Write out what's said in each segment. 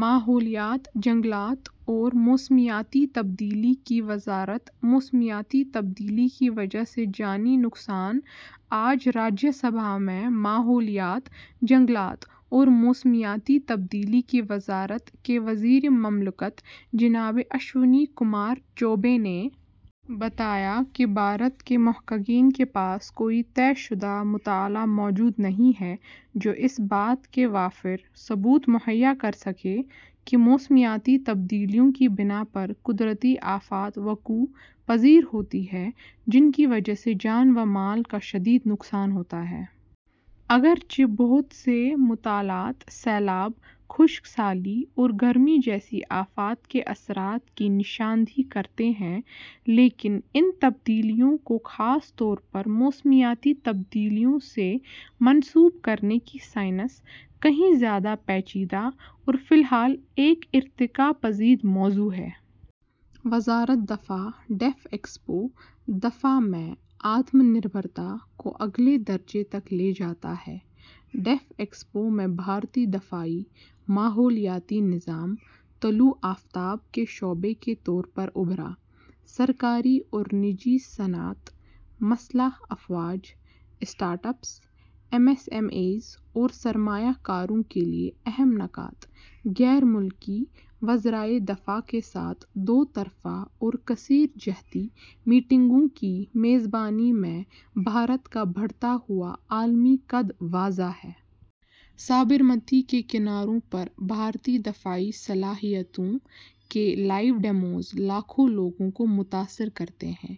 ماحولیات، جنگلات اور موسمیاتی تبدیلی کی وزارت موسمیاتی تبدیلی کی وجہ سے جانی نقصان آج راجیہ سبھا میں ماحولیات، جنگلات اور موسمیاتی تبدیلی کی وزارت کے وزیر مملکت جناب اشونی کمار چوبے نے بتایا کہ بھارت کے محققین کے پاس کوئی طے شدہ مطالعہ موجود نہیں ہے، جو اس بات کے وافر ثبوت مہیا کرسکے کہ موسمیاتی تبدیلیوں کی بنا پر قدرتی آفات وقوع پذیر ہوتی ہیں، جن کی وجہ سے جان و مال کا شدید نقصان ہوتا ہے۔ اگرچہ بہت سے مطالعات سیلاب، خشک سالی اور گرمی جیسی آفات کے اثرات کی نشاندہی کرتے ہیں، لیکن ان تبدیلیوں کو خاص طور پر موسمیاتی تبدیلیوں سے منسوب کرنے کی سائنس کہیں زیادہ پیچیدہ اور فی الحال ایک ارتقا پذیر موضوع ہے۔ وزارت دفاع ڈیف ایکسپو دفاع میں ’آتم نربھرتا‘ کو اگلے درجے تک لے جاتا ہے۔ ڈیف ایکسپو میں بھارتی دفاعی ماحولیاتی نظام طلوع آفتاب کے شعبے کے طور پر ابھرا۔ سرکاری اور نجی صنعت، مسلح افواج، startups, M S M Es اور سرمایہ کاروں کے لیے اہم نکات، غیر ملکی وزرائے دفاع کے ساتھ دو طرفہ اور کثیر جہتی میٹنگوں کی میزبانی میں بھارت کا بڑھتا ہوا عالمی قد واضح ہے۔ سابرمتی کے کناروں پر بھارتی دفاعی صلاحیتوں کے لائیو ڈیمو لاکھوں لوگوں کو متاثر کرتے ہیں۔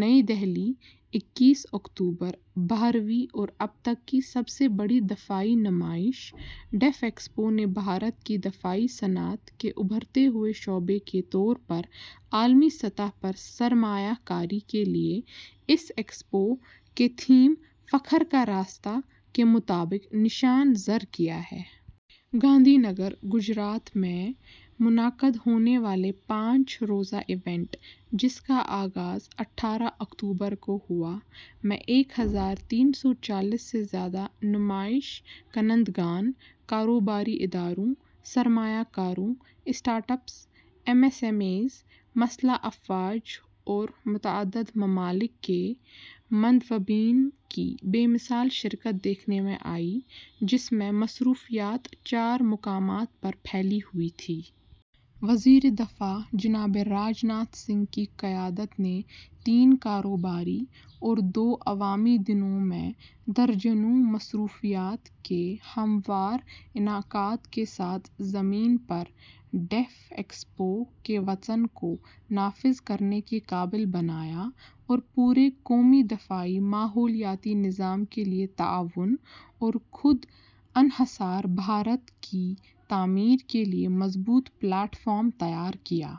نئی دہلی، اکیس اکتوبر، بارہویں اور اب تک کی سب سے بڑی دفاعی نمائش ڈیف ایکسپو نے بھارت کی دفاعی صنعت کے ابھرتے ہوئے شعبے کے طور پر عالمی سطح پر سرمایہ کاری کے لیے اس ایکسپو کے تھیم ’فخر کا راستہ‘ کے مطابق نشان زد کیا ہے۔ گاندھی نگر، گجرات میں منعقد ہونے والے پانچ روزہ ایونٹ، جس کا آغاز اٹھارہ اکتوبر کو ہوا، میں ایک ہزار تین سو چالیس سے زیادہ نمائش کنندگان، کاروباری اداروں، سرمایہ کاروں، startups, M S M Es, مسلح افواج اور متعدد ممالک کے مندوبین کی بے مثال شرکت دیکھنے میں آئی، جس میں مصروفیات چار مقامات پر پھیلی ہوئی تھیں۔ وزیر دفاع جناب راج ناتھ سنگھ کی قیادت نے تین کاروباری اور دو عوامی دنوں میں درجنوں مصروفیات کے ہموار انعقاد کے ساتھ زمین پر ڈیف ایکسپو کے وژن کو نافذ کرنے کے قابل بنایا اور پورے قومی دفاعی ماحولیاتی نظام کے لیے تعاون اور خود انحصار بھارت کی تعمیر کے لیے مضبوط پلیٹ فارم تیار کیا۔